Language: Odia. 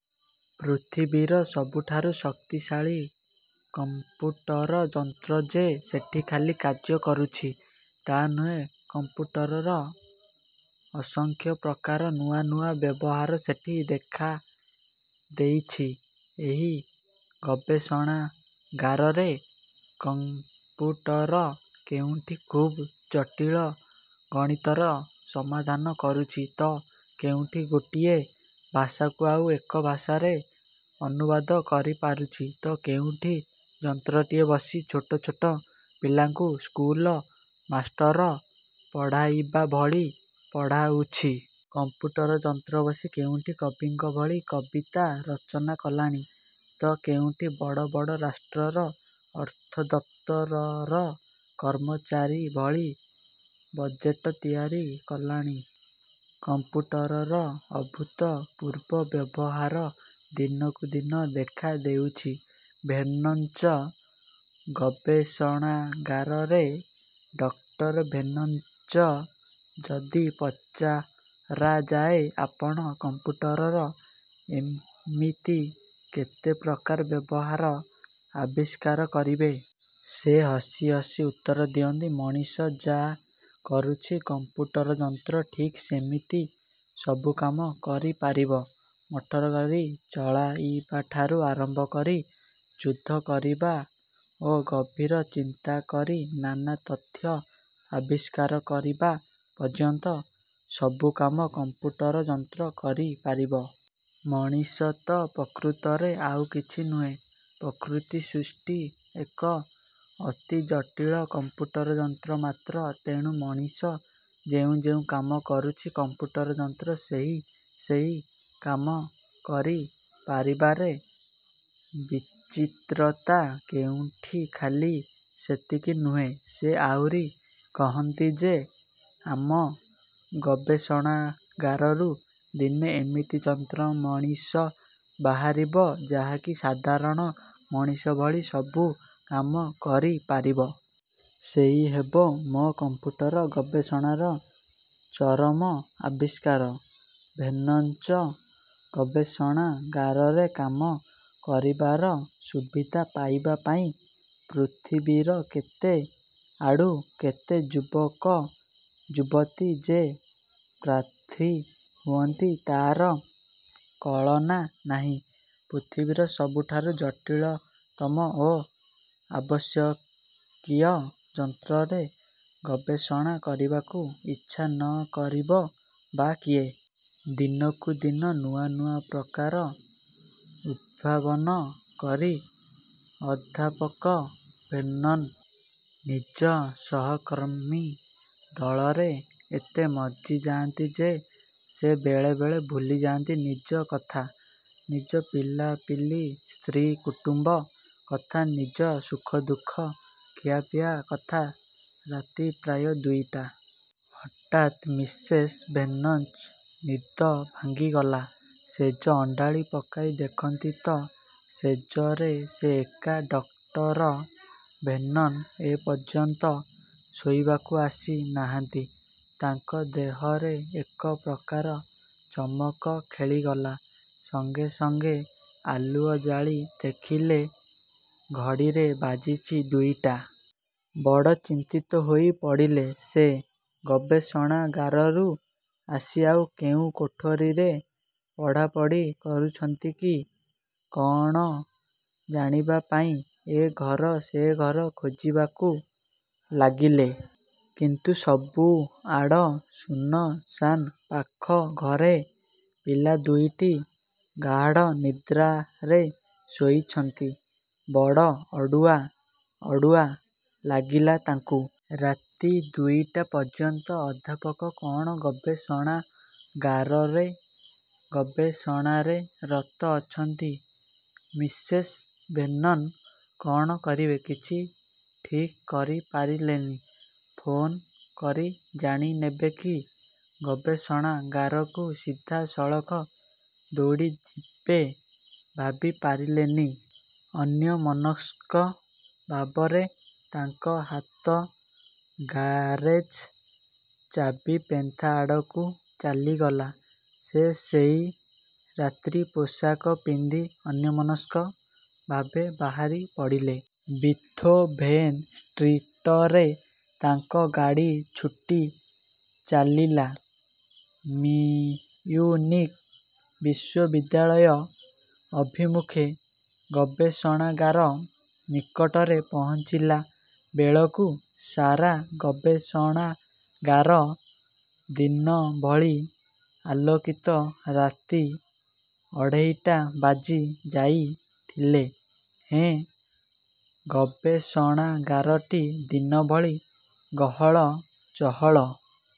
ପୃଥିବୀର ସବୁଠାରୁ ଶକ୍ତିଶାଳୀ କଂପ୍ୟୁଟର ଯନ୍ତ୍ର ଯେ ସେଠି ଖାଲି କାର୍ଯ୍ୟ କରୁଛି ତା ନୁହେଁ, କମ୍ପ୍ୟୁଟରର ଅସଂଖ୍ୟ ପ୍ରକାର ନୂଆ ନୂଆ ବ୍ୟବହାର ସେଠି ଦେଖାଦେଇଛି। ଏହି ଗବେଷଣାଗାରରେ କଂପ୍ୟୁଟର କେଉଁଠି ଖୁବ୍ ଜଟିଳ ଗଣିତର ସମାଧାନ କରୁଛି ତ କେଉଁଠି ଗୋଟିଏ ଭାଷାକୁ ଆଉ ଏକ ଭାଷାରେ ଅନୁବାଦ କରିପାରୁଛି ତ କେଉଁଠି ଯନ୍ତ୍ରଟିଏ ବସି ଛୋଟ ଛୋଟ ପିଲାଙ୍କୁ ସ୍କୁଲମାଷ୍ଟର ପଢ଼ାଇବାଭଳି ପଢ଼ାଉଛି। କମ୍ପ୍ୟୁଟର ଯନ୍ତ୍ର ବସି କେଉଁଠି କବିଙ୍କ ଭଳି କବିତା ରଚନା କଲାଣି ତ କେଉଁଠି ବଡ଼ ବଡ଼ ରାଷ୍ଟ୍ରର ଅର୍ଥଦପ୍ତରର କର୍ମଚାରୀ ଭଳି ବଜେଟ ତିଆରି କଲାଣି। କମ୍ପ୍ୟୁଟରର ଅଭୂତପୂର୍ବ ବ୍ୟବହାର ଦିନକୁ ଦିନ ଦେଖାଦେଇଛି ଭେର୍ନନ୍ଙ୍କ ଗବେଷଣାଗାରରେ। ଡକ୍ଟର ଭେର୍ନନ୍ଙ୍କୁ ଯଦି ପଚରାଯାଏ, ଆପଣ କମ୍ପ୍ୟୁଟରର ଏମିତି କେତେ ପ୍ରକାର ବ୍ୟବହାର ଆବିଷ୍କାର କରିବେ? ସେ ହସି ହସି ଉତ୍ତର ଦିଅନ୍ତି, 'ମଣିଷ ଯା' କରୁଛି, କଂପ୍ୟୁଟର ଯନ୍ତ୍ର ଠିକ୍ ସେମିତି ସବୁ କାମ କରିପାରିବ। ମଟରଗାଡ଼ି ଚଳାଇବାଠାରୁ ଆରମ୍ଭକରି ଯୁଦ୍ଧ କରିବା ଓ ଗଭୀର ଚିନ୍ତାକରି ନାନା ତଥ୍ୟ ଆବିଷ୍କାର କରିବା ପର୍ଯ୍ୟନ୍ତ ସବୁ କାମ କମ୍ପ୍ୟୁଟର ଯନ୍ତ୍ର କରିପାରିବ। ମଣିଷ ତ ପ୍ରକୃତରେ ଆଉ କିଛି ନୁହେଁ ପ୍ରକୃତିସୃଷ୍ଟି ଏକ ଅତି ଜଟିଳ କମ୍ପ୍ୟୁଟର ଯନ୍ତ୍ର ମାତ୍ର। ତେଣୁ ମଣିଷ ଯେଉଁ ଯେଉଁ କାମ କରୁଛି, କମ୍ପ୍ୟୁଟର ଯନ୍ତ୍ର ସେହି ସେହି କାମ କରି ପାରିବାରେ ବିଚିତ୍ରତା କେଉଁଠି ଖାଲି ସେତିକି ନୁହେଁ, ସେ ଆହୁରି କହନ୍ତି ଯେ, 'ଆମ ଗବେଷଣାଗାରରୁ ଦିନେ ଏମିତି ଯନ୍ତ୍ରମଣିଷ ବାହାରିବ, ଯାହାକି ସାଧାରଣ ମଣିଷ ଭଳି ସବୁ କାମ କରିପାରିବ। ସେଇ ହେବ ମୋ କମ୍ପ୍ୟୁଟର ଗବେଷଣାର ଚରମ ଆବିଷ୍କାର। ଭେର୍ନନ୍ଙ୍କ ଗବେଷଣାଗାରରେ କାମ କରିବାର ସୁବିଧା ପାଇବା ପାଇଁ ପୃଥିବୀର କେତେ ଆଡ଼ୁ କେତେ ଯୁବକଯୁବତୀ ଯେ ପ୍ରାର୍ଥୀ ହୁଅନ୍ତି, ତା'ର କଳନା ନାହିଁ। ପୃଥିବୀର ସବୁଠାରୁ ଜଟିଳତମ ଓ ଆବଶ୍ୟକୀୟ ଯନ୍ତ୍ରରେ ଗବେଷଣା କରିବାକୁ ଇଚ୍ଛା ନ କରିବ ବା କିଏ? ଦିନକୁ ଦିନ ନୂଆ ନୂଆ ପ୍ରକାର ଉଦ୍ଭାବନ କରି ଅଧ୍ୟାପକ ଭେର୍ନନ୍ ନିଜ ସହକର୍ମୀ ଦଳରେ ଏତେ ମଜ୍ଜି ଯାଆନ୍ତି ଯେ ସେ ବେଳେ ବେଳେ ଭୁଲିଯାନ୍ତି ନିଜ କଥା, ନିଜ ପିଲାପିଲି, ସ୍ତ୍ରୀକୁଟୁମ୍ବ କଥା। ନିଜ ସୁଖଦୁଃଖ, ଖିଆପିଆ କଥା ରାତି ପ୍ରାୟ ଦୁଇଟା। ହଠାତ୍ ମିସେସ୍ ଭେର୍ନନ୍ଙ୍କ ନିଦ ଭାଙ୍ଗିଗଲା ଶେଯ ଅଣ୍ଡାଳି ପକାଇ ଦେଖନ୍ତି ତ ଶେଯରେ ସେ ଏକା ଡକ୍ଟର ଭେର୍ନନ୍ ଏ ପର୍ଯ୍ୟନ୍ତ ଶୋଇବାକୁ ଆସି ନାହାନ୍ତି। ତାଙ୍କ ଦେହରେ ଏକ ପ୍ରକାର ଚମକ ଖେଳିଗଲା। ସଙ୍ଗେ ସଙ୍ଗେ ଆଲୁଅ ଜାଳି ଦେଖିଲେ ଘଡ଼ିରେ ବାଜିଛି ଦୁଇଟା। ବଡ଼ ଚିନ୍ତିତ ହୋଇ ପଡ଼ିଲେ ସେ ଗବେଷଣାଗାରରୁ ଆସି ଆଉ କେଉଁ କୋଠରୀରେ ପଢ଼ାପଢ଼ି କରୁଛନ୍ତି କି କଅଣ ଜାଣିବା ପାଇଁ ଏ ଘର ସେଘର ଖୋଜିବାକୁ ଲାଗିଲେ। କିନ୍ତୁ ସବୁ ଆଡ଼ ଶୂନଶାନ୍। ପାଖ ଘରେ ପିଲା ଦୁଇଟି ଗାଢ଼ନିଦ୍ରାରେ ଶୋଇଛନ୍ତି। ବଡ଼ ଅଡ଼ୁଆ ଅଡ଼ୁଆ ଲାଗିଲା ତାଙ୍କୁ। ରାତି ଦୁଇଟା ପର୍ଯ୍ୟନ୍ତ ଅଧ୍ୟାପକ କ'ଣ ଗବେଷଣାଗାରରେ ଗବେଷଣାରେ ରତ ଅଛନ୍ତି? ମିସେସ୍ ଭେର୍ନନ୍ କଣ କରିବେ କିଛି ଠିକ୍ କରିପାରିଲେନି। ଫୋନ୍ କରି ଜାଣିନେବେ, କି ଗବେଷଣାଗାରକୁ ସିଧାସଳଖ ଦୌଡ଼ିଯିବେ, ଭାବିପାରିଲେନି। ଅନ୍ୟମନସ୍କ ଭାବରେ ତାଙ୍କ ହାତ ଗାରେଜ୍ ଚାବିପେନ୍ଥା ଆଡ଼କୁ ଚାଲିଗଲା। ସେ ସେଇ ରାତ୍ରିପୋଷାକ ପିନ୍ଧି ଅନ୍ୟମନସ୍କ ଭାବେ ବାହାରି ପଡ଼ିଲେ। ବିଥୋଭେନ୍ ଷ୍ଟ୍ରୀଟରେ ତାଙ୍କ ଗାଡ଼ି ଛୁଟି ଚାଲିଲା ମିଉନିକ୍ ବିଶ୍ୱବିଦ୍ୟାଳୟ ଅଭିମୁଖେ। ଗବେଷଣାଗାର ନିକଟରେ ପହଞ୍ଚିଲାବେଳକୁ ସାରା ଗବେଷଣାଗାର ଦିନଭଳି ଆଲୋକିତ। ରାତି ଅଢ଼େଇଟା ବାଜି ଯାଇଥିଲେ ହେଁ ଗବେଷଣାଗାରଟି ଦିନଭଳି ଗହଳ ଚହଳ-